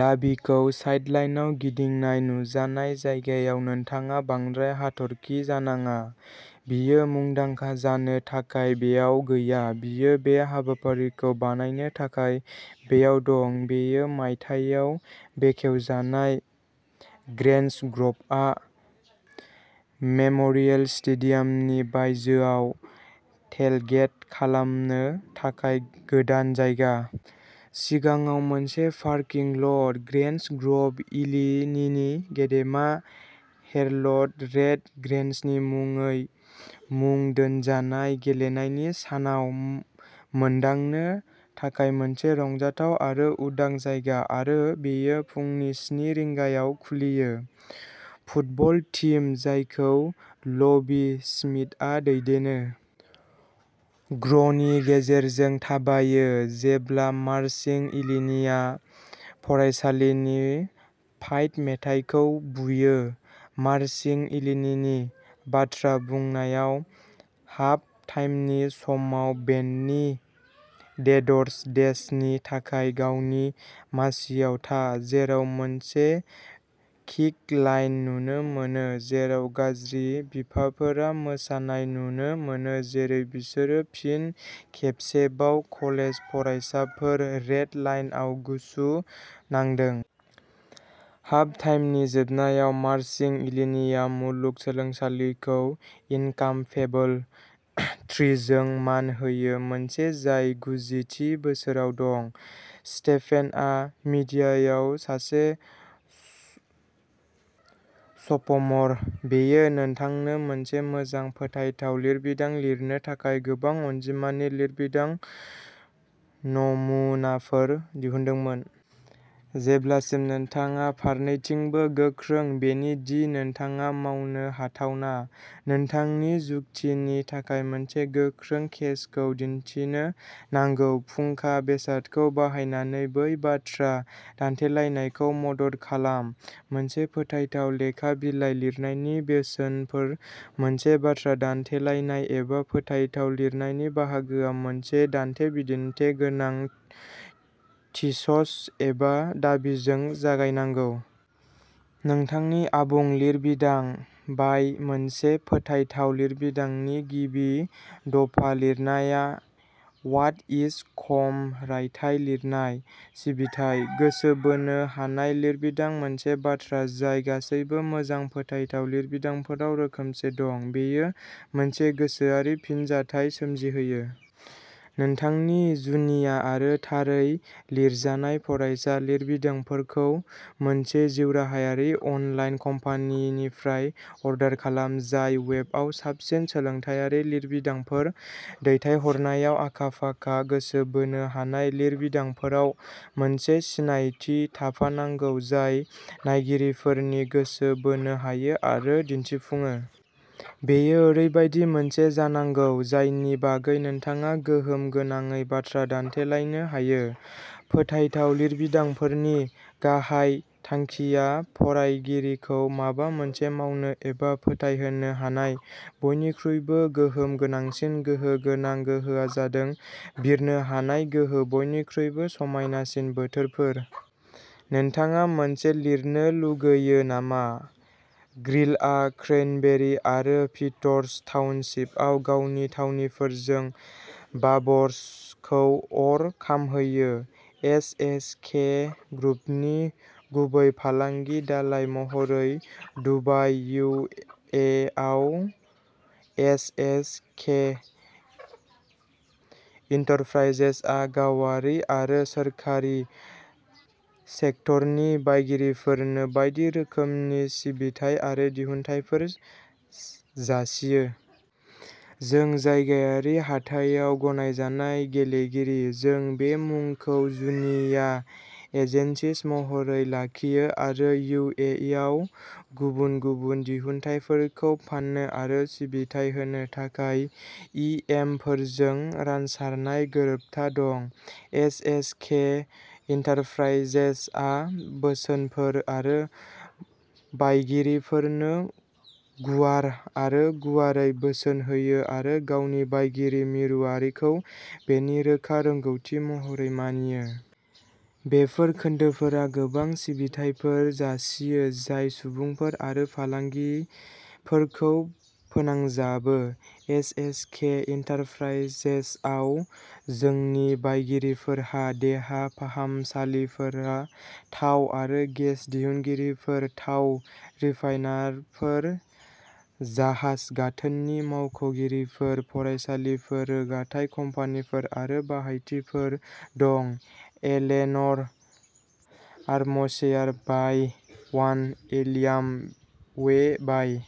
लाभीखौ साइडलाइनआव गिदिंनाय नुजानाय जायगायाव नोंथाङा बांद्राय हाथरखि जानाङा। बियो मुंदांखा जानो थाखाय बेयाव गैया। बियो बे हाबाफारिखौ बानायनो थाखाय बेयाव दं। बेयो मायथाइयाव बेखेवजानाय। ग्रेन्ज ग्र'भआ मेम'रियेल स्टेडियामनि बायजोआव टेलगेट खालामनो थाखाय गोदान जायगा। सिगाङाव मोनसे पारकिं ल'ट, ग्रेन्ज ग्र'भ इलिनीनि गेदेमा हेरल्ड रेड ग्रेन्जनि मुङै मुं दोनजानाय गेलेनायनि सानाव मोनदांनो थाखाय मोनसे रंजाथाव आरो उदां जायगा आरो बेयो फुंनि स्नि रिंगायाव खुलियो। फुटबल टीम, जायखौ लभि स्मिथआ दैदेनो। ग्र'वनि गेजेरजों थाबायो जेब्ला मारचिं इलिनीया फरायसालिनि फाइट मेथाइखौ बुयो। मारचिं इलिनीनि बाथ्रा बुंनायाव हाफ टाइमनि समाव बेन्डनि डेड्स डे श'नि थाखाय गावनि मासिआव था। जेराव मोनसे किक लाइन नुनो मोनो जेराव गाज्रि बिफाफोरा मोसानाय नुनो मोनो जेरै बिसोरो फिन खेबसेबाव कलेज फरायसाफोर रेड लायनआव गुसु नांदों। हाफ टाइमनि जोबनायाव मारचिं इलिनीआ मुलुग सोलोंसालिखौ इनकामपेबल थ्रीजों मान होयो। मोनसे जाय गुजि थि बोसोराव दं। स्टेफेनआ मिडियायाव सासे सफ'मर। बेयो नोंथांनो मोनसे मोजां फोथायथाव लिरबिदां लिरनो थाखाय गोबां अनजिमानि लिरबिदां नमुनाफोर दिहुनगोन। जेब्लासिम नोंथाङा फारनैथिंबो गोख्रों-बेनो दि नोंथाङा मावनो हाथावना। नोंथांनि जुक्तिनि थाखाय मोनसे गोख्रों केसखौ दिन्थिनो नांगौ। फुंखा बेसादखौ बाहायनानै। बै बाथ्रा दान्थेलायनायखौ मदद खालाम। मोनसे फोथायथाव लेखा बिलाइ लिरनायनि बोसोनफोर। मोनसे बाथ्रा दान्थेलायनाय एबा फोथायथाव लिरनायनि बाहागोआ मोनसे दान्थे-बिदान्थे गोनां थिसिस एबा दाबिजों जागायनांगौ। नोंथांनि आबुं लिरबिदां बाय। मोनसे फोथायथाव लिरबिदांनि गिबि दफा लिरनाय वाट इज. कम रायथाइ लिरनाय सिबिथाइ। गोसो बोनो हानाय लिरबिदां मोनसे बाथ्रा जाय गासैबो मोजां फोथायथाव लिरबिदांफोराव रोखोमसे दं। बेयो मोनसे गोसोआरि फिनजाथाय सोमजिहोयो। नोंथांनि जुनिया आरो थारै लिरजानाय फरायसा लिरबिदांफोरखौ मोनसे जिउराहायारि अनलाइन कम्पानिनिफ्राय अर्डार खालाम। जाय वेबआव साबसिन सोलोंथायारि लिरबिदांफोर दैथायहरनायाव आखा-फाखा गोसो बोनो हानाय लिरबिदांफोराव मोनसे सिनायथि थाफानांगौ जाय नायगिरिफोरनि गोसो बोनो हायो आरो दिन्थिफुङो। बेयो ओरैबायदि मोनसे जानांगौ जायनि बागै नोंथाङा गोहोम गोनाङै बाथ्रा दान्थेलायनो हायो। फोथायथाव लिरबिदांफोरनि गाहाय थांखिया फरायगिरिखौ माबा मोनसे मावनो एबा फोथायहोनो हानाय। बयनिख्रुइबो गोहोम गोनांसिन गोहो गोनां गोहोआ जादों बिरनो हानाय गोहो बयनिख्रुइबो समायनासिन बोथोरफोर। नोंथाङा मोनसे लिरनो लुगैयो नामा? ग्रिलआ क्रैनबेरी आरो पीटरस टाउनशिपआव गावनि थावनिफोरजों बाबरस'खौ अर खामहोयो। एस एस के ग्रुपनि गुबै फालांगि दालाय महरै दुबाइ इउ एइ आव एस एस के इन्टरप्राइजेसआ गावारि आरो सोरखारि सेक्टरनि बायगिरिफोरनो बायदि रोखोमनि सिबिथाय आरो दिहुनथायफोर जासियो। जों जायगायारि हाथायाव गनायजानाय गेलेगिरि। जों बे मुंखौ जुनिया एजेन्सि महरै लाखियो आरो इउ एइ आव गुबुन गुबुन दिहुनथायफोरखौ फाननो आरो सिबिथाइ होनो थाखाय इ एम फोरजों रानसारनाय गोरोबथा दं। एस एस के इन्टरप्राइजेसआ बोसोनफोर आरो बायगिरिफोरनो गुवार आरो गुवारै बोसोन होयो आरो गावनि बायगिरि मिरुआरिखौ बेनि रोखा रोंग'थि महरै मानियो। बेफोर खोन्दोफोरा गोबां सिबिथायफोर जासियो जाय सुबुंफोर आरो फालांगिफोरखौ फोनांजाबो। एस एस के इन्टरप्राइजेसआव जोंनि बायगिरिफोरहा देहा फाहामसालिफोर थाव आरो गेस दिहुनगिरिफोर थाव रिफाइनारफोर जाहाज गाथोननि मावख'गिरिफोर फरायसालिफोर, रोगाथाइ कम्पानिफोर आरो बाहायथिफोर दं। एलेन'र armchair bye one एलियाम way by